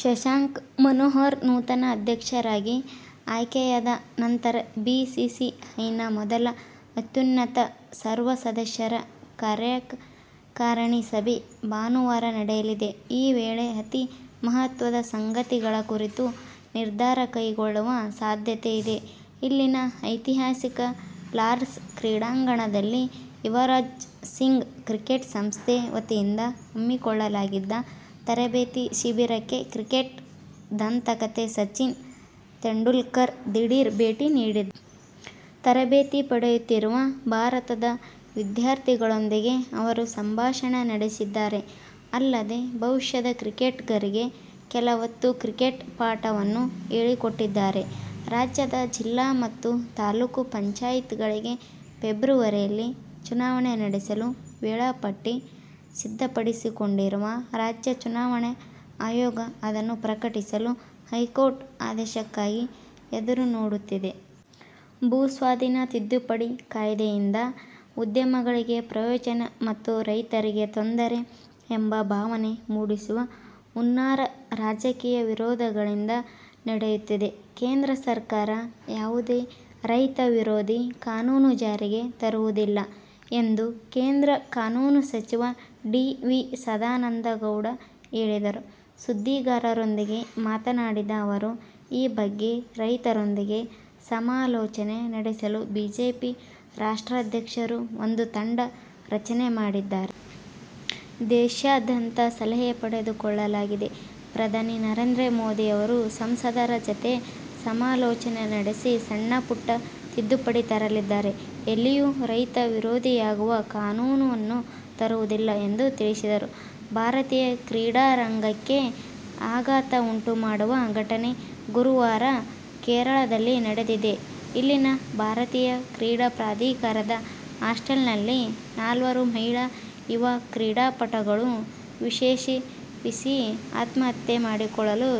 ಶಶಾಂಕ್ ಮನೋಹರ್ ನೂತನ ಅಧ್ಯಕ್ಷರಾಗಿ ಆಯ್ಕೆಯಾದ ನಂತರ ಬಿಸಿಸಿಐನ ಮೊದಲ ಅತ್ಯುನ್ನತ ಸರ್ವಸದಸ್ಯರ ಕಾರ್ಯಕಾರಿಣಿ ಸಭೆ ಭಾನುವಾರ ನಡೆಯಲಿದೆ. ಈ ವೇಳೆ ಅತಿ ಮಹತ್ವದ ಸಂಗತಿಗಳ ಕುರಿತು ನಿರ್ಧಾರ ಕೈಗೊಳ್ಳುವ ಸಾಧ್ಯತೆಯಿದೆ. ಇಲ್ಲಿನ ಐತಿಹಾಸಿಕ ಲಾರ್ಡ್ಸ್ ಕ್ರೀಡಾಂಗಣದಲ್ಲಿ ಯುವರಾಜ್ ಸಿಂಗ್ ಕ್ರಿಕೆಟ್ ಸಂಸ್ಥೆ ವತಿಯಿಂದ ಹಮ್ಮಿಕೊಳ್ಳಲಾಗಿದ್ದ ತರಬೇತಿ ಶಿಬಿರಕ್ಕೆ ಕ್ರಿಕೆಟ್ ದಂತಕತೆ ಸಚಿನ್ ತೆಂಡುಲ್ಕರ್ ದಿಢೀರ್ ಭೇಟಿ ನೀಡಿದ್ದಾರೆ. ತರಬೇತಿ ಪಡೆಯುತ್ತಿರುವ ಭಾರತದ ವಿದ್ಯಾರ್ಥಿಗಳೊಂದಿಗೆ ಅವರು ಸಂಭಾಷಣೆ ನಡೆಸಿದ್ದಾರೆ. ಅಲ್ಲದೆ ಭವಿಷ್ಯದ ಕ್ರಿಕೆಟಿಗರಿಗೆ ಕೆಲ ಹೊತ್ತು ಕ್ರಿಕೆಟ್ ಪಾಠವನ್ನೂ ಹೇಳಿಕೊಟ್ಟಿದ್ದಾರೆ. ರಾಜ್ಯದ ಜಿಲ್ಲಾ ಮತ್ತು ತಾಲೂಕು ಪಂಚಾಯ್ತಿಗಳಿಗೆ ಫೆಬ್ರವರಿಯಲ್ಲಿ ಚುನಾವಣೆ ನಡೆಸಲು ವೇಳಾಪಟ್ಟಿ ಸಿದ್ಧಪಡಿಸಿಕೊಂಡಿರುವ ರಾಜ್ಯ ಚುನಾವಣಾ ಆಯೋಗ, ಅದನ್ನು ಪ್ರಕಟಿಸಲು ಹೈಕೋರ್ಟ್ ಆದೇಶಕ್ಕಾಗಿ ಎದುರು ನೋಡುತ್ತಿದೆ. ಭೂ ಸ್ವಾಧೀನ ತಿದ್ದುಪಡಿ ಕಾಯಿದೆಯಿಂದ ಉದ್ಯಮಗಳಿಗೆ ಪ್ರಯೋಜನ ಮತ್ತು ರೈತರಿಗೆ ತೊಂದರೆ ಎಂಬ ಭಾವನೆ ಮೂಡಿಸುವ ಹುನ್ನಾರ ರಾಜಕೀಯ ವಿರೋಧಿಗಳಿಂದ ನಡೆಯುತ್ತಿದೆ. ಕೇಂದ್ರ ಸರ್ಕಾರ ಯಾವುದೇ ರೈತ ವಿರೋಧಿ ಕಾನೂನು ಜಾರಿಗೆ ತರುವುದಿಲ್ಲ ಎಂದು ಕೇಂದ್ರ ಕಾನೂನು ಸಚಿವ ಡಿ. ವಿ. ಸದಾನಂದಗೌಡ ಹೇಳಿದರು. ಸುದ್ದಿಗಾರರೊಂದಿಗೆ ಮಾತನಾಡಿದ ಅವರು, ಈ ಬಗ್ಗೆ ರೈತರೊಂದಿಗೆ ಸಮಾಲೋಚನೆ ನಡೆಸಲು ಬಿಜೆಪಿ ರಾಷ್ಟ್ರಾಧ್ಯಕರು ಒಂದು ತಂಡ ರಚನೆ ಮಾಡಿದ್ದಾರೆ. ದೇಶಾದ್ಯಂತ ಸಲಹೆ ಪಡೆದುಕೊಳ್ಳಲಾಗಿದೆ. ಪ್ರಧಾನಿ ನರೇಂದ್ರ ಮೋದಿ ಅವರು ಸಂಸದರ ಜತೆ ಸಮಾಲೋಚನೆ ನಡೆಸಿ ಸಣ್ಣಪುಟ್ಟ ತಿದ್ದುಪಡಿ ತರಲಿದ್ದಾರೆ. ಎಲ್ಲಿಯೂ ರೈತ ವಿರೋಧಿಯಾಗುವ ಕಾನೂನನ್ನು ತರುವುದಿಲ್ಲ ಎಂದು ತಿಳಿಸಿದರು. ಭಾರತೀಯ ಕ್ರೀಡಾರಂಗಕ್ಕೇ ಆಘಾತ ಉಂಟು ಮಾಡುವ ಘಟನೆ ಗುರುವಾರ ಕೇರಳದಲ್ಲಿ ನಡೆದಿದೆ. ಇಲ್ಲಿನ ಭಾರತೀಯ ಕ್ರೀಡಾ ಪ್ರಾಧಿಕಾರದ ಹಾಸ್ಟೆಲ್ನಲ್ಲಿ ನಾಲ್ವರು ಮಹಿಳಾ ಯುವ ಕ್ರೀಡಾಪಟುಗಳು ವಿಷಸೇವಿಸಿ ಆತ್ಮಹತ್ಯೆ ಮಾಡಿಕೊಳ್ಳಲು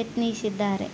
ಯತ್ನಿಸಿದ್ದಾರೆ.